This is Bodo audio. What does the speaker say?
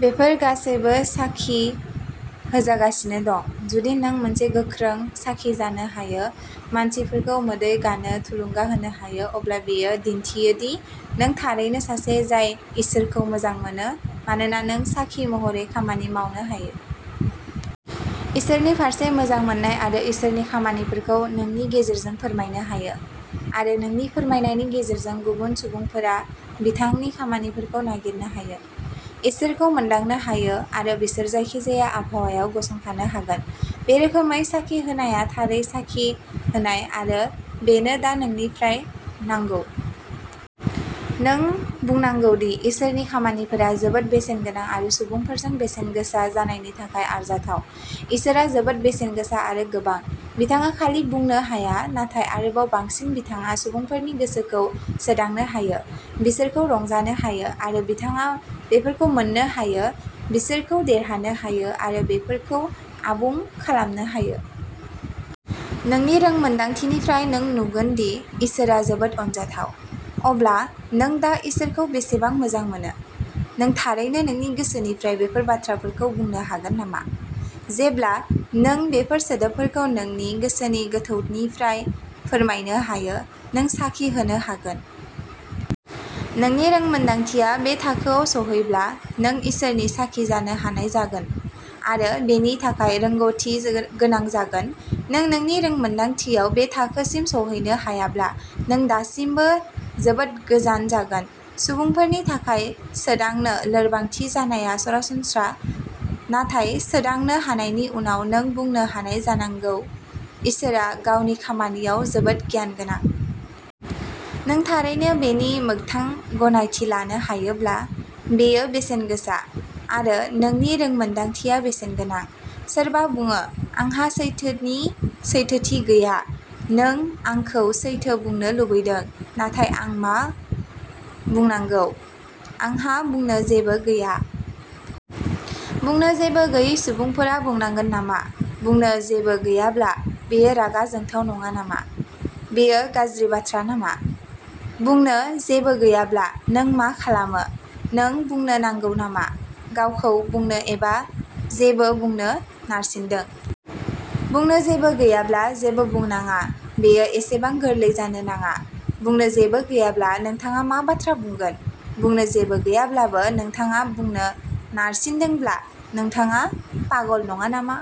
बेफोर गासैबो साखि होजागासिनो दं। जुदि नों मोनसे गोख्रों साखि जानो हायो, मानसिफोरखौ मोदै गानो थुलुंगा होनो हायो, अब्ला बेयो दिन्थियो दि नों थारैनो सासे जाय इसोरखौ मोजां मोनो। मानोना नों साखि महरै खामानि मावनो हायो। इसोरनि फारसे मोजां मोन्नाय आरो इसोरनि खामानिफोरखौ नोंनि गेजेरजों फोरमायनो हायो। आरो नोंनि फोरमायनायनि गेजेरजों, गुबुन सुबुंफोरा बिथांनि खामानिफोरखौ नागिरनो हायो, इसोरखौ मोनदांनो हायो, आरो बिसोर जायखिजाया आबहावायाव गसंथानो हागोन। बे रोखोमै साखि होनाया थारै साखि होनाय, आरो बेनो दा नोंनिफ्राय नांगौ। नों बुंनांगौदि इसोरनि खामानिफोरा जोबोद बेसेनगोनां आरो सुबुंफोरजों बेसेनगोसा जानायनि थाखाय आरजाथाव, इसोरआ जोबोद बेसेनगोसा आरो गोबां, बिथाङा खालि बुंनो हाया, नाथाय आरोबाव बांसिन बिथाङा सुबुंफोरनि गोसोखौ सोदांनो हायो, बिसोरखौ रंजानो हायो, आरो बिथाङा बेफोरखौ मोन्नो हायो, बिसोरखौ देरहानो हायो, आरो बेफोरखौ आबुं खालामनो हायो। नोंनि रोंमोनदांथिनिफ्राय नों नुगोनदि इसोरआ जोबोद अनजाथाव। अब्ला नों दा इसोरखौ बेसेबां मोजां मोनो? नों थारैनो नोंनि गोसोनिफ्राय बेफोर बाथ्राफोरखौ बुंनो हागोन नामा? जेब्ला नों बेफोर सोदोबफोरखौ नोंनि गोसोनि गोथौनिफ्राय फोरमायनो हायो। नों साखि होनो हागोन। नोंनि रोंमोन्दांथिया बे थाखोआव सौहैब्ला नों इसोरनि साखि जानो हानाय जागोन, आरो बेनि थाखाय रोंग'थि गोनां जागोन। नों नोंनि रोंमोन्दांथियाव बे थाखोसिम सौहैनो हायाब्ला, नों दासिमबो जोबोद गोजान जागोन। सुबुंफोरनि थाखाय सोदांनो लोरबांथि जानाया सरासनस्रा, नाथाय सोदांनो हानायनि उनाव नों बुंनो हानाय जानांगौः "इसोरआ गावनि खामानियाव जोबोद गियानगोनां! " नों थारैनो बेनि मोगथां गनायथि लानो हायोब्ला, बेयो बेसेनगोसा, आरो नोंनि रोंमोन्दांथिया बेसेनगोनां। सोरबा बुङोः "आंहा सैथोनि सैथोथि गैया, नों आंखौ सैथो बुंनो लुबैदों, नाथाय आं मा बुंनांगौ? आंहा बुंनो जेबो गैया। " बुंनो जेबो गैयै सुबुंफोरा बुंनांगोन नामा? बुंनो जेबो गैयाब्ला, बेयो रागा जोंथाव नङा नामा? बेयो गाज्रि बाथ्रा नामा? बुंनो जेबो गैयाब्ला नों मा खालामो? नों बुंनो नांगौ नामा? गावखौ बुंनो एबा जेबो बुंनो नारसिनदों? बुंनो जेबो गैयाब्ला, जेबो बुंनाङा-बेयो एसेबां गोरलै जानो नाङा! बुंनो जेबो गैयाब्ला, नोंथाङा मा बाथ्रा बुंगोन? बुंनो जेबो गैयाब्लाबो, नोंथाङा बुंनो नारसिनदोंब्ला, नोंथाङा पागल नङा नामा?